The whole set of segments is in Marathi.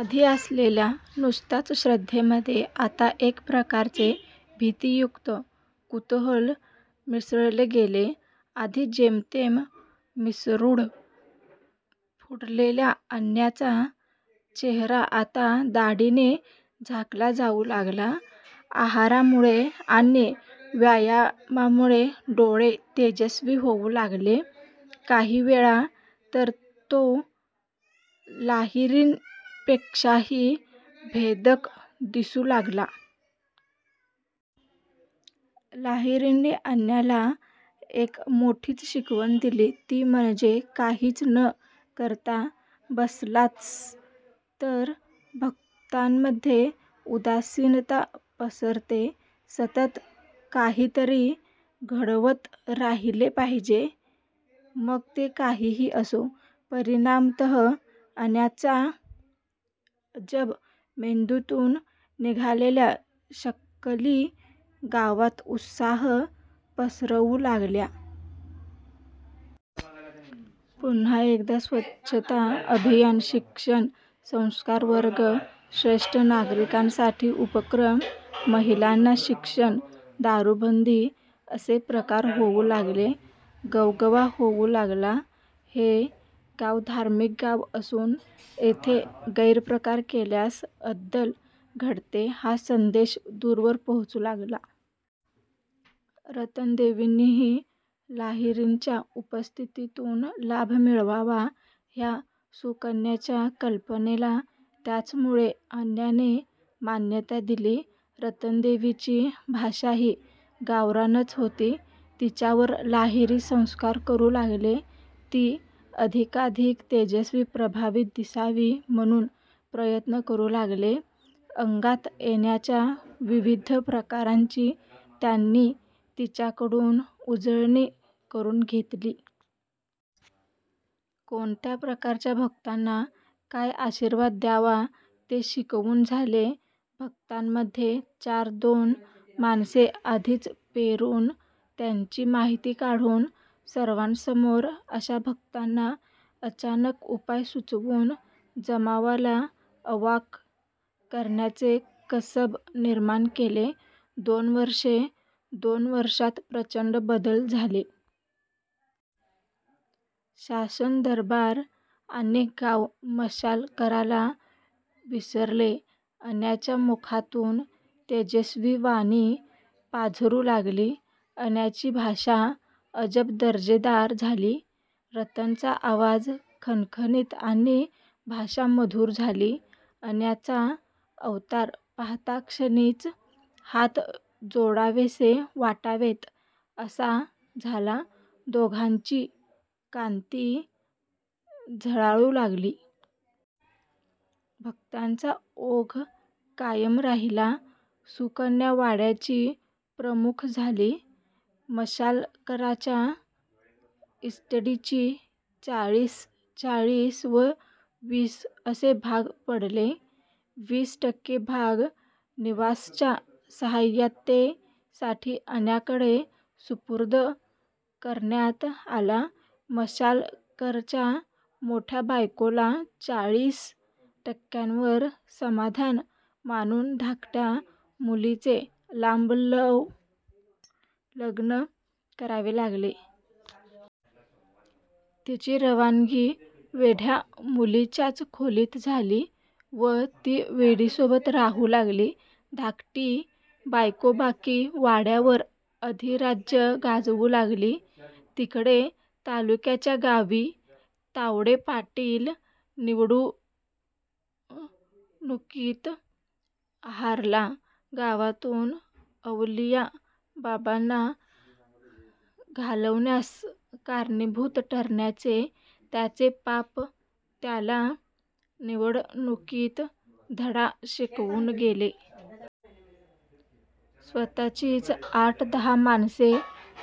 आधी असलेल्या नुसत्याच श्रद्धेमध्ये आता एक प्रकारचे भीतीयुक्त कुतूहल मिसळले गेले. आधी जेमतेम मिसरूड फुटलेल्या अन्याचा चेहरा आता दाढीने झाकला जाऊ लागला. आहारामुळे आणि व्यायामामुळे डोळे तेजस्वी होऊ लागले. काही वेळा तर तो लाहिरींपेक्षाही भेदक दिसू लागला. लाहिरींनी अन्याला एक मोठीच शिकवण दिली. ती म्हणजे काहीच न करता बसलास तर भक्तांमध्ये उदासीनता पसरते. सतत काहीतरी घडवत राहिले पाहिजे. मग ते काहीही असो. परिणामतः अन्याच्या अजब मेंदूतून निघालेल्या शक्कली गावात उत्साह पसरवू लागल्या. पुन्हा एकदा स्वच्छता अभियान, शिक्षण, संस्कार वर्ग, ज्येष्ठ नागरिकांसाठी उपक्रम, महिलांना शिक्षण, दारूबंदी असे प्रकार होऊ लागले. गवगवा होऊ लागला. हे गाव धार्मिक गाव असून येथे गैरप्रकार केल्यास अद्दल घडते हा संदेश दूरवर पोहोचू लागला. रतनदेवींनीही लाहिरींच्या उपस्थितीतून लाभ मिळवावा ह्या सुकन्याच्या कल्पनेला त्याचमुळे अन्याने मान्यता दिली. रतनदेवीची भाषाही गावरानच होती. तिच्यावर लाहिरी संस्कार करू लागले. ती अधिकाधिक तेजस्वी, प्रभावी दिसावी म्हणून प्रयत्न करू लागले. अंगात येण्याच्या विविध प्रकारांची त्यांनी तिच्याकडून उजळणी करून घेतली. कोणत्या प्रकारच्या भक्तांना काय आशीर्वाद द्यावा ते शिकवून झाले. भक्तांमध्ये चार दोन माणसे आधीच पेरून त्यांची माहिती काढून सर्वांसमोर अशा भक्तांना अचानक उपाय सुचवून जमावाला अवाक करण्याचे कसब निर्माण केले. दोन वर्षे. दोन वर्षांत प्रचंड बदल झाले. शासन दरबार आणि गाव मशालकराला विसरले. अन्याच्या मुखातून तेजस्वी वाणी पाझरू लागली. अन्याची भाषा अजब दर्जेदार झाली. रतनचा आवाज खणखणीत आणि भाषा मधुर झाली. अन्याचा अवतार पाहताक्षणीच हात जोडावेसे वाटावेत असा झाला. दोघांची कांती झळाळू लागली. भक्तांचा ओघ कायम राहिला. सुकन्या वाड्याची प्रमुख झाली. मशालकरच्या इस्टेटीची चाळीस, चाळीस व वीस असे भाग पडले. वीस टक्के भाग निवासच्या सहाय्यतेसाठी अन्याकडे सुपूर्द करण्यात आला. मशालकरच्या मोठ्या बायकोला चाळीस टक्क्यांवर समाधान मानून धाकट्या मुलीचे लांबवर लग्न करावे लागले. तिची रवानगी वेड्या मुलीच्याच खोलीत झाली व ती वेडीसोबत राहू लागली. धाकटी बायको बाकी वाड्यावर अधिराज्य गाजवू लागली. तिकडे तालुक्याच्या गावी तावडे पाटील निवडणुकीत हारला. गावातून अवलिया बाबांना घालवण्यास कारणीभूत ठरण्याचे त्याचे पाप त्याला निवडणुकीत धडा शिकवून गेले. स्वतःचीच आठ दहा माणसे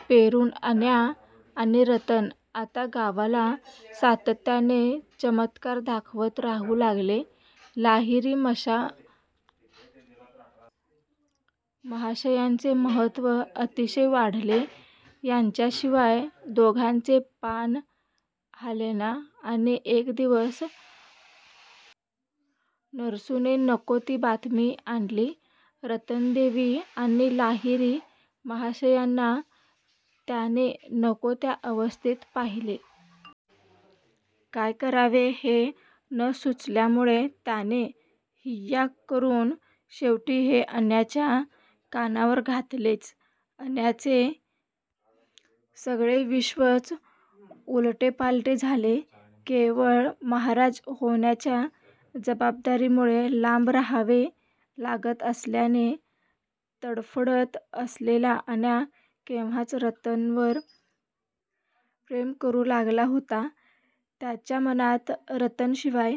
पेरून अन्या आणि रतन आता गावाला सातत्याने चमत्कार दाखवत राहू लागले. लाहिरी महाशयांचे महत्त्व अतिशय वाढले. त्यांच्याशिवाय दोघांचे पान हालेना. आणि एक दिवस नरसूने नको ती बातमी आणली. रतनदेवी आणि लाहिरी महाशयांना त्याने नको त्या अवस्थेत पाहिले. काय करावे हे न सुचल्यामुळे त्याने हिय्या करून शेवटी हे अन्याच्या कानावर घातलेच. अन्याचे सगळे विश्वच उलटेपालटे झाले. केवळ महाराज होण्याच्या जबाबदारीमुळे लांब राहावे लागत असल्याने तडफडत असलेला अन्या केव्हाच रतनवर प्रेम करू लागला होता. त्याच्या मनात रतनशिवाय